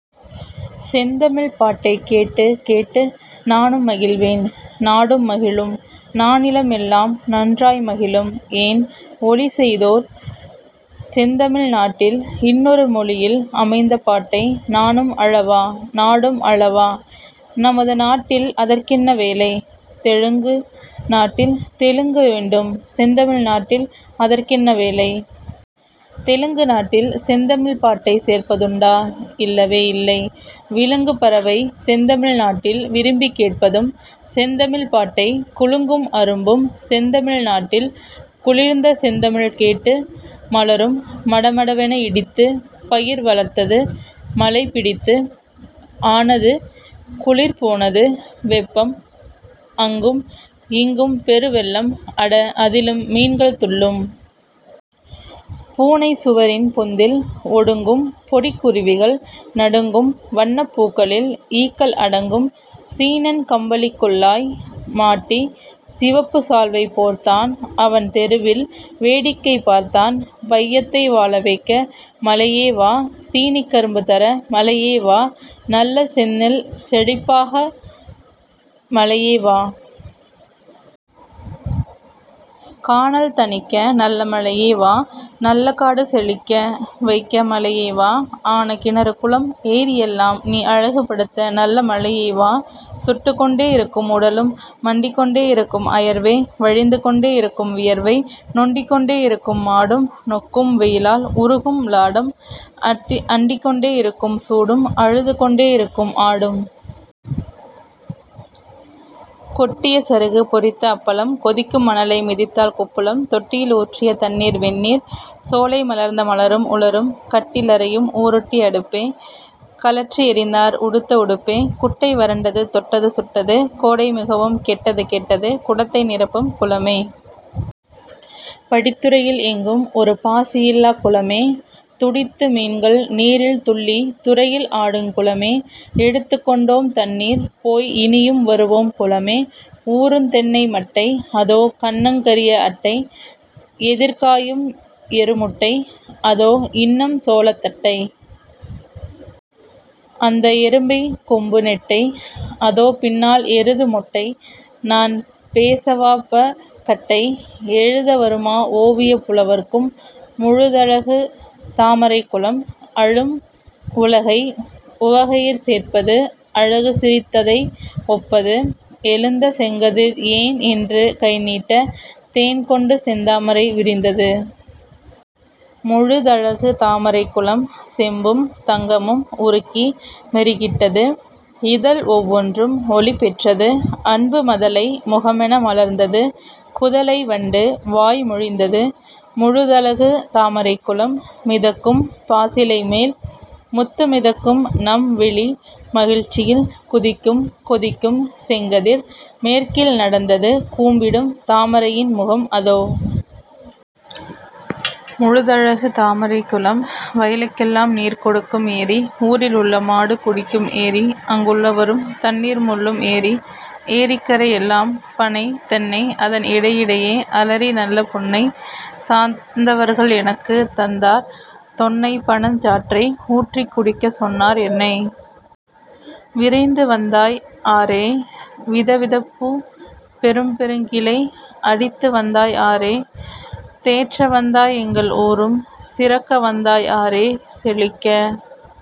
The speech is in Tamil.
செந்தமிழ்ப் பாட்டைக் கேட்டுக் கேட்டு நானும் மகிழ்வேன் நாடும் மகிழும் நானிலம் எல்லாம் நன்றாய் மகிழும்! ஏன்ஒலி செய்தார் செந்தமிழ் நாட்டில் இன்னொரு மொழியில் அமைந்த பாட்டை? நானும் அழவா? நாடும் அழவா? நமது நாட்டில் அதற்கென்ன வேலை? தெலுங்கு நாட்டில் தெலுங்கு வேண்டும். செந்தமிழ் நாட்டில் அதற்கென்ன வேலை? தெலுங்கு நாட்டில் செந்தமிழ்ப் பாட்டைச் சேர்ப்பதுண்டா? இல்லவே இல்லை! விலங்கு பறவை செந்தமிழ் நாட்டில் விரும்பிக் கேட்பதும் செந்தமிழ்ப் பாட்டை! குலுங்கும் அரும்பும் செந்தமிழ் நாட்டில் குளிர்ந்த செந்தமிழ் கேட்டு மலரும்! மடமடவென இடித்து பயிர் வளர்த்தது மழை பிடித்து. ஆனது குளிர் போனது வெப்பம் அங்கும்இங் கும்பெரு வெள்ளம் அட அதிலும் மீன்கள் துள்ளும். பூனை சுவரின் பொந்தில் ஒடுங்கும் பொடிக் குருவிகள் நடுங்கும்-வண்ணப் பூக்களில் ஈக்கள் அடங்கும். சீனன் கம்பளிக் குல்லாய் மாட்டிச் சிவப்பு சால்வை போர்த்தான் அவன் தெருவில் வேடிக்கை பார்த்தான்! வையத்தை வாழவைக்க மழையே வா! சீனிக்கரும்பு தர மழையே வா! நல்ல செந்நெல் செழிப்பாக்க மழையே வா! கானல் தணிக்க நல்ல மழையே வா! நல்ல காடு செழிக்க வைக்க மழையே வா! ஆன கிணறுகுளம் ஏரிஎல்லாம் நீ அழகுப டுத்தநல்ல மழையே வா! சுட்டுக் கொண்டே இருக்கும் உடலும் மண்டிக் கொண்டே இருக்கும் அயர்வே வழிந்து கொண்டே இருக்கும் வியர்வை நொண்டிக் கொண்டே இருக்கும் மாடும் நொக்கும் வெயிலால் உருகும்இ லாடம் அண்டிக் கொண்டே இருக்கும் சூடும் அழுது கொண்டே இருக்கும் ஆடும். கொட்டிய சருகு பொரித்த அப்பளம்! கொதிக்கும் மணலை மிதித்தால் கொப்புளம்! தொட்டியில் ஊற்றிய தண்ணீர் வெந்நீர்! சோலை மலர்ந்த மலரும் உலரும். கட்டி லறையும்உ ரொட்டி அடுப்பே! கழற்றி எறிந்தார் உடுத்த உடுப்பே! குட்டை வறண்டது தொட்டது சுட்டது; கோடை மிகவும் கெட்டது கெட்டது! குடத்தை நிரப்பும் குளமே! படித்துறையில் எங்கும் ஒரு பாசி யில்லாக் குளமே! துடித்து மீன்கள் நீீரில் துள்ளித் துறையில் ஆடுங் குளமே! எடுத்துக் கொண்டோம் தண்ணீர் போய் இனியும் வருவோம் குளமே! ஊறுந் தென்னை மட்டை! அதோ கன்னங் கரிய அட்டை! எதிர் காயும் எரு முட்டை! அதோ இன்னம் சோளத் தட்டை! அந்த எருமைக் கொம்பு நெட்டை அதோ பின்னால் எருது மொட்டை நான் பேசவாப கட்டை? எழுத வருமா ஓவியப் புலவர்க்கும்? முழுதழகு தாமரைக் குளம்! அழும் உலகை உவகையிற் சேர்ப்பது அழகு சிரித் ததை ஒப்பது! எழுந்த செங்கதிர் 'ஏன்'என்று கைநீட்ட தேன்கொண்டு செந்தாமரை விரிந்தது. முழுதழகு தாமரைக் குளம்! செம்பும் தங்கமும் உருக்கி மெருகிட்டது இதழ் ஒவ்வொன்றும் ஒளிபெற்றது. அன்பு மதலை முகமென மலர்ந்தது குதலை வண்டு வாய் மொழிந்தது. முழுதழகு தாமரைக் குளம்! மிதக்கும் பாசிலைமேல் முத்து மிதக்கும் நம்விழி மகிழ்ச்சியில் குதிக்கும் கொதிக்கும் செங்கதிர் மேற்கில் நடந்தது கூம்பிடும் தாமைரையின் முகம் அதோ. முழுதழகு தாமரைக் குளம்! வயலுக் கெல்லாம் நீர் கொடுக்கும் ஏரி. ஊரில் உள்ள மாடு குடிக்கும் ஏரி அங் குள்ளவரும் தண்ணீர் மொள்ளும் ஏரி. ஏரிக்கரை எல்லாம் பனை, தென்னை அதன் இடையிடையே அலரி நல்ல புன்னை. சார்ந்தவர்கள் எனக்குத் தந்தார் தொன்னை பனஞ் சாற்றை ஊற்றிக் குடிக்கச் சொன்னார் என்னை. விரைந்து வந்தாய் ஆறே! விதவிதப்பூ, பெரும்பெ ருங்கிளை அடித்து வந்தாய் ஆறே! தேற்ற வந்தாய் எங்கள் ஊரும் சிறக்க வந்தாய் ஆறே! செழிக்க